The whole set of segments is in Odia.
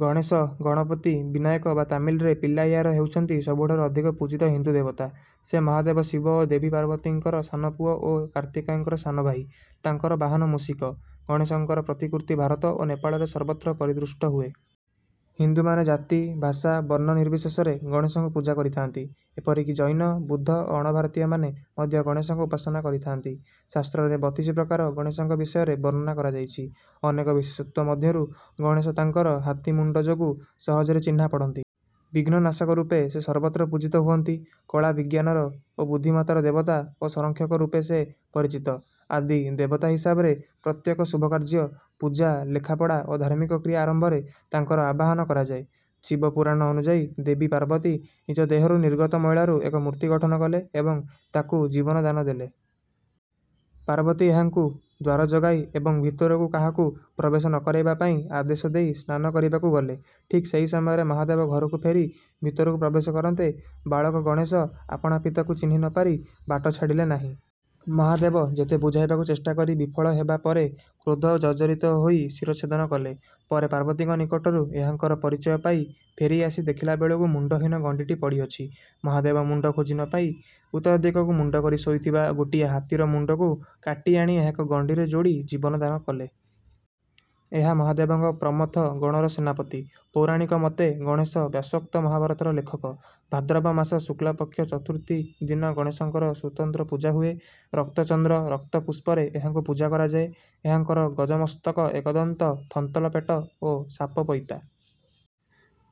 ଗଣେଶ, ଗଣପତି, ବିନାୟକ ବା ତାମିଲରେ ପିଲ୍ଲାଇୟାର ହେଉଛନ୍ତି ସବୁଠାରୁ ଅଧିକ ପୂଜିତ ହିନ୍ଦୁ ଦେବତା। ସେ ମହାଦେବ ଶିବ ଓ ଦେବୀ ପାର୍ବତୀଙ୍କର ସାନ ପୁଅ ଓ କାର୍ତ୍ତିକେୟଙ୍କର ସାନ ଭାଇ। ତାଙ୍କର ବାହନ ମୂଷିକ। ଗଣେଶଙ୍କର ପ୍ରତିକୃତି ଭାରତ ଓ ନେପାଳରେ ସର୍ବତ୍ର ପରିଦୃଷ୍ଟ ହୁଏ। ହିନ୍ଦୁମାନେ ଜାତି, ଭାଷା, ବର୍ଣ୍ଣ ନିର୍ବିଶେଷରେ ଗଣେଶଙ୍କୁ ପୂଜା କରିଥାନ୍ତି। ଏପରିକି ଜୈନ, ବୁଦ୍ଧ ଓ ଅଣଭାରତୀୟମାନେ ମଧ୍ୟ ଗଣେଶଙ୍କ ଉପାସନା କରିଥାନ୍ତି। ଶାସ୍ତ୍ରରେ ବତିଶି ପ୍ରକାର ଗଣେଶଙ୍କ ବିଷୟରେ ବର୍ଣ୍ଣନା କରାଯାଇଛି। ଅନେକ ବିଶେଷତ୍ୱ ମଧ୍ୟରୁ ଗଣେଶ ତାଙ୍କର ହାତୀ ମୁଣ୍ଡ ଯୋଗୁ ସହଜରେ ଚିହ୍ନା ପଡ଼ନ୍ତି। ବିଘ୍ନ ନାଶକ ରୂପେ ସେ ସର୍ବତ୍ର ପୂଜିତ ହୁଅନ୍ତି। କଳା, ବିଜ୍ଞାନର ଓ ବୁଦ୍ଧିମତ୍ତାର ଦେବତା ଓ ସଂରକ୍ଷକ ରୂପେ ସେ ପରିଚିତ। ଆଦି ଦେବତା ହିସାବରେ ପ୍ରତ୍ୟେକ ଶୁଭ କାର୍ଯ୍ୟ, ପୂଜା, ଲେଖାପଢ଼ା ଓ ଧାର୍ମିକ କ୍ରିୟା ଆରମ୍ଭରେ ତାଙ୍କର ଆବାହନ କରାଯାଏ। ଶିବ ପୁରାଣ ଅନୁଯାୟୀ ଦେବୀ ପାର୍ବତୀ ନିଜଦେହରୁ ନିର୍ଗତ ମଇଳାରୁ ଏକ ମୂର୍ତ୍ତି ଗଠନ କଲେ ଏବଂ ତାକୁ ଜୀବନ ଦାନ ଦେଲେ। ପାର୍ବତୀ ଏହାଙ୍କୁ ଦ୍ୱାର ଜଗାଇ ଏବଂ ଭିତରକୁ କାହାକୁ ପ୍ରବେଶ ନ କରେଇବା ପାଇଁ ଆଦେଶ ଦେଇ ସ୍ନାନ କରିବାକୁ ଗଲେ। ଠିକ୍ ସେହି ସମୟରେ ମହାଦେବ ଘରକୁ ଫେରି ଭିତରକୁ ପ୍ରବେଶ କରନ୍ତେ, ବାଳକ ଗଣେଶ ଆପଣା ପିତାଙ୍କୁ ଚିହ୍ନି ନ ପାରି ବାଟ ଛାଡ଼ିଲେ ନାହିଁ। ମହାଦେବ ଯେତେ ବୁଝାଇବାକୁ ଚେଷ୍ଟା କରି ବିଫଳ ହେବା ପରେ କ୍ରୋଧ ଜର୍ଜରିତ ହୋଇ ଶିର ଚ୍ଛେଦନ କଲେ। ପରେ ପାର୍ବତୀଙ୍କ ନିକଟରୁ ଏହାଙ୍କର ପରିଚୟ ପାଇ ଫେରି ଆସି ଦେଖିଲା ବେଳକୁ ମୁଣ୍ଡହୀନ ଗଣ୍ଡିଟି ପଡ଼ିଅଛି। ମହାଦେବ ମୁଣ୍ଡ ଖୋଜି ନ ପାଇ ଉତ୍ତରଦିଗକୁ ମୁଣ୍ଡକରି ଶୋଇଥିବା ଗୋଟିଏ ହାତୀର ମୁଣ୍ଡକୁ କାଟି ଆଣି ଏହାଙ୍କ ଗଣ୍ଡିରେ ଯୋଡ଼ି ଜୀବନ ଦାନ କଲେ। ଏ ମହାଦେବଙ୍କ ପ୍ରମଥ ଗଣର ସେନାପତି। ପୌରାଣିକ ମତେ ଗଣେଶ ବ୍ୟାସୋକ୍ତ ମହାଭାରତର ଲେଖକ। ଭାଦ୍ରବ ମାସ ଶୁକ୍ଳ ପକ୍ଷ ଚତୁର୍ଥୀ ଦିନ ଗଣେଶଙ୍କର ସ୍ୱତନ୍ତ୍ର ପୂଜା ହୁଏ। ରକ୍ତ ଚନ୍ଦ୍ର, ରକ୍ତ ପୁଷ୍ପରେ ଏହାଙ୍କୁ ପୂଜା କରାଯାଏ। ଏହାଙ୍କର ଗଜମସ୍ତକ, ଏକଦନ୍ତ, ଥନ୍ତଲ ପେଟ ଓ ସାପ ପଇତା।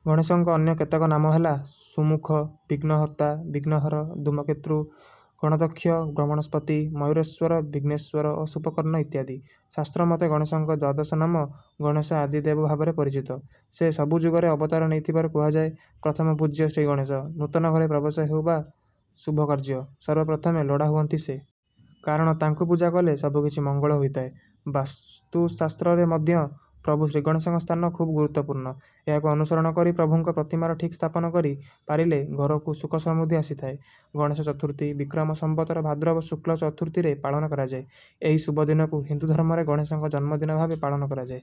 ଗଣେଶଙ୍କ ଅନ୍ୟ କେତେକ ନାମ ହେଲା: ସୁମୂଖ, ବିଘ୍ନହର୍ତ୍ତା, ବିଘ୍ନହର, ଧୂମ୍ରକେତୁ, ଗଣାଧ୍ୟକ୍ଷ, ବ୍ରହ୍ମଣସ୍ପତୀ, ମୟୂରେଶ୍ୱର, ବିଘ୍ନେଶ୍ୱର ଓ ଶୂର୍ପକର୍ଣ୍ଣ ଇତ୍ୟାଦି। ଶାସ୍ତ୍ର ମତେ ଗଣେଶଙ୍କ ଦ୍ୱାଦଶନାମ: ଗଣେଶ ଆଦିଦେବ ଭାବରେ ପରିଚିତ। ସେ ସବୁଯୁଗରେ ଅବତାର ନେଇଥିବାର କୁହାଯାଏ। ପ୍ରଥମ ପୂଜ୍ୟ ଶ୍ରୀଗଣେଶ। ନୂତନ ଘରେ ପ୍ରବେଶ ହେଉ ଅବା ଶୁଭ କାର୍ଯ୍ୟ, ସର୍ବ ପ୍ରଥମେ ଲୋଡ଼ା ହୁଅନ୍ତି ସେ। କାରଣ ତାଙ୍କୁ ପୂଜା କଲେ ସବୁକିଛି ମଙ୍ଗଳ ହୋଇଥାଏ। ବାସ୍ତୁଶାସ୍ତ୍ରରେ ମଧ୍ୟ ପ୍ରଭୁ ଶ୍ରୀଗଣେଶଙ୍କ ସ୍ଥାନ ଖୁବ ଗୁରୁତ୍ୱପୂର୍ଣ୍ଣ। ଏହାକୁ ଅନୁସରଣ କରି ପ୍ରଭୁଙ୍କ ପ୍ରତିମାର ଠିକ୍ ସ୍ଥାପନ କରି ପାରିଲେ ଘରକୁ ସୁଖସମୃଦ୍ଧି ଆସିଥାଏ। ଗଣେଶ ଚତୁର୍ଥୀ, ବିକ୍ରମ ସଂବତର ଭାଦ୍ରବ ଶୁକ୍ଳ ଚତୁର୍ଥୀରେ ପାଳନ କରାଯାଏ। ଏହି ଶୁଭଦିନକୁ ହିନ୍ଦୁଧର୍ମରେ ଗଣେଶଙ୍କ ଜନ୍ମ ଦିନ ଭାବେ ପାଳନ କରାଯାଏ।